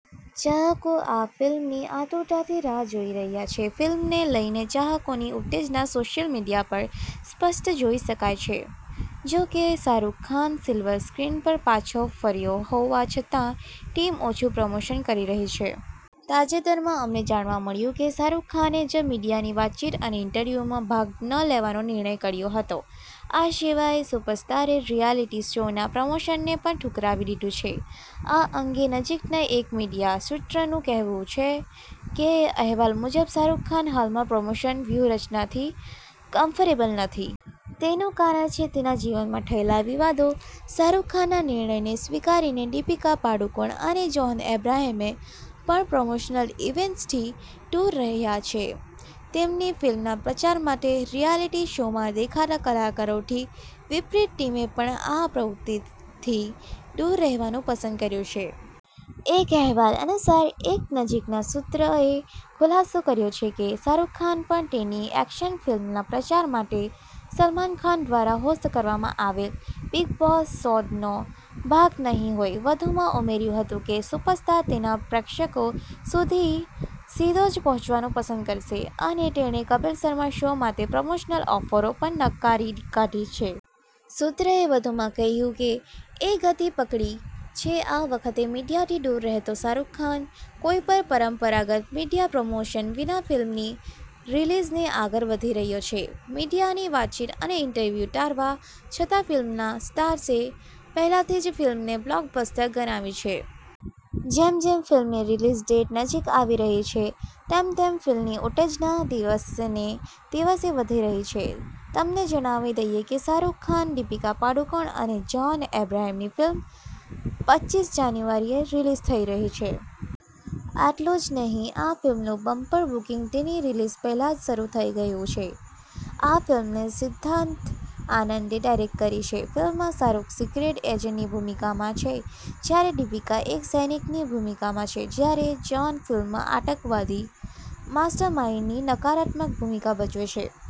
ચાહકો આ ફિલ્મની આતુરતાથી રાહ જોઈ રહ્યા છે. ફિલ્મને લઈને ચાહકોની ઉત્તેજના સોશિયલ મીડિયા પર સ્પષ્ટ જોઈ શકાય છે. જો કે, શાહરૂખ ખાન સિલ્વર સ્ક્રીન પર પાછો ફર્યો હોવા છતાં, ટીમ ઓછુ પ્રમોશન કરી રહી છે. તાજેતરમાં અમને જાણવા મળ્યું કે શાહરૂખ ખાને જ મીડિયાની વાતચીત અને ઇન્ટરવ્યુમાં ભાગ ન લેવાનો નિર્ણય કર્યો હતો. આ સિવાય સુપરસ્ટારે રિયાલિટી શોના પ્રમોશનને પણ ઠુકરાવી દીધું છે. આ અંગે નજીકના એક મીડિયા સૂત્રનું કહેવું છે કે અહેવાલ મુજબ, શાહરૂખ ખાન હાલમાં પ્રમોશન વ્યૂહરચનાથી કમ્ફર્ટેબલ નથી. તેનું કારણ છે તેના જીવનમાં થયેલા વિવાદો. શાહરૂખના નિર્ણયને સ્વીકારીને દીપિકા પાદુકોણ અને જોન અબ્રાહમે પણ પ્રમોશનલ ઈવેન્ટ્સથી દૂર રહ્યા છે. તેમની ફિલ્મના પ્રચાર માટે રિયાલિટી શોમાં દેખાતા કલાકારોથી વિપરીત, ટીમે પણ આ પ્રવૃત્તિથી દૂર રહેવાનું પસંદ કર્યું છે. એક અહેવાલ અનુસાર, એક નજીકના સૂત્રએ ખુલાસો કર્યો છે કે શાહરૂખ ખાન પણ તેની એક્શન ફિલ્મના પ્રચાર માટે સલમાન ખાન દ્વારા હોસ્ટ કરવામાં આવેલ બિગ બોસ સોડનો ભાગ નહીં હોય. વધુમાં ઉમેર્યું હતું કે સુપરસ્ટાર તેના પ્રેક્ષકો સુધી સીધો જ પહોંચવાનું પસંદ કરશે અને તેણે કપિલ શર્મા શો માટે પ્રમોશનલ ઑફરો પણ નકારી કાઢી છે. સૂત્રએ વધુમાં કહ્યું કે એ ગતિ પકડી છે આ વખતે મીડિયાથી દૂર રહેતો શાહરૂખ. કોઈપણ પરંપરાગત મીડિયા પ્રમોશન વિના ફિલ્મની રિલીઝને આગળ વધી રહ્યો છે. મીડિયાની વાતચીત અને ઇન્ટરવ્યુ ટાળવા છતાં ફિલ્મના સ્ટાર્સે પહેલાથી જ ફિલ્મને બ્લોકબસ્ટર ગણાવી છે. જેમ જેમ ફિલ્મની રિલીઝ ડેટ નજીક આવી રહી છે તેમ તેમ ફિલ્મની ઉત્તેજના દિવસેને દિવસે વધી રહી છે. તમને જણાવી દઈએ કે, શાહરૂખ ખાન, દીપિકા પાદુકોણ અને જોન અબ્રાહમની ફિલ્મ પચીસ જાન્યુઆરીએ રિલીઝ થઈ રહી છે. આટલું જ નહીં આ ફિલ્મનું બમ્પર બુકિંગ તેની રિલીઝ પહેલા જ શરૂ થઈ ગયું છે. આ ફિલ્મને સિદ્ધાર્થ આનંદે ડાયરેક્ટ કરી છે. ફિલ્મમાં શાહરૂખ સિક્રેટ એજન્ટની ભૂમિકામાં છે, જ્યારે દીપિકા એક સૈનિકની ભૂમિકામાં છે ,જ્યારે જ્હોન ફિલ્મમાં આતંકવાદી માસ્ટરમાઇન્ડની નકારાત્મક ભૂમિકા ભજવે છે.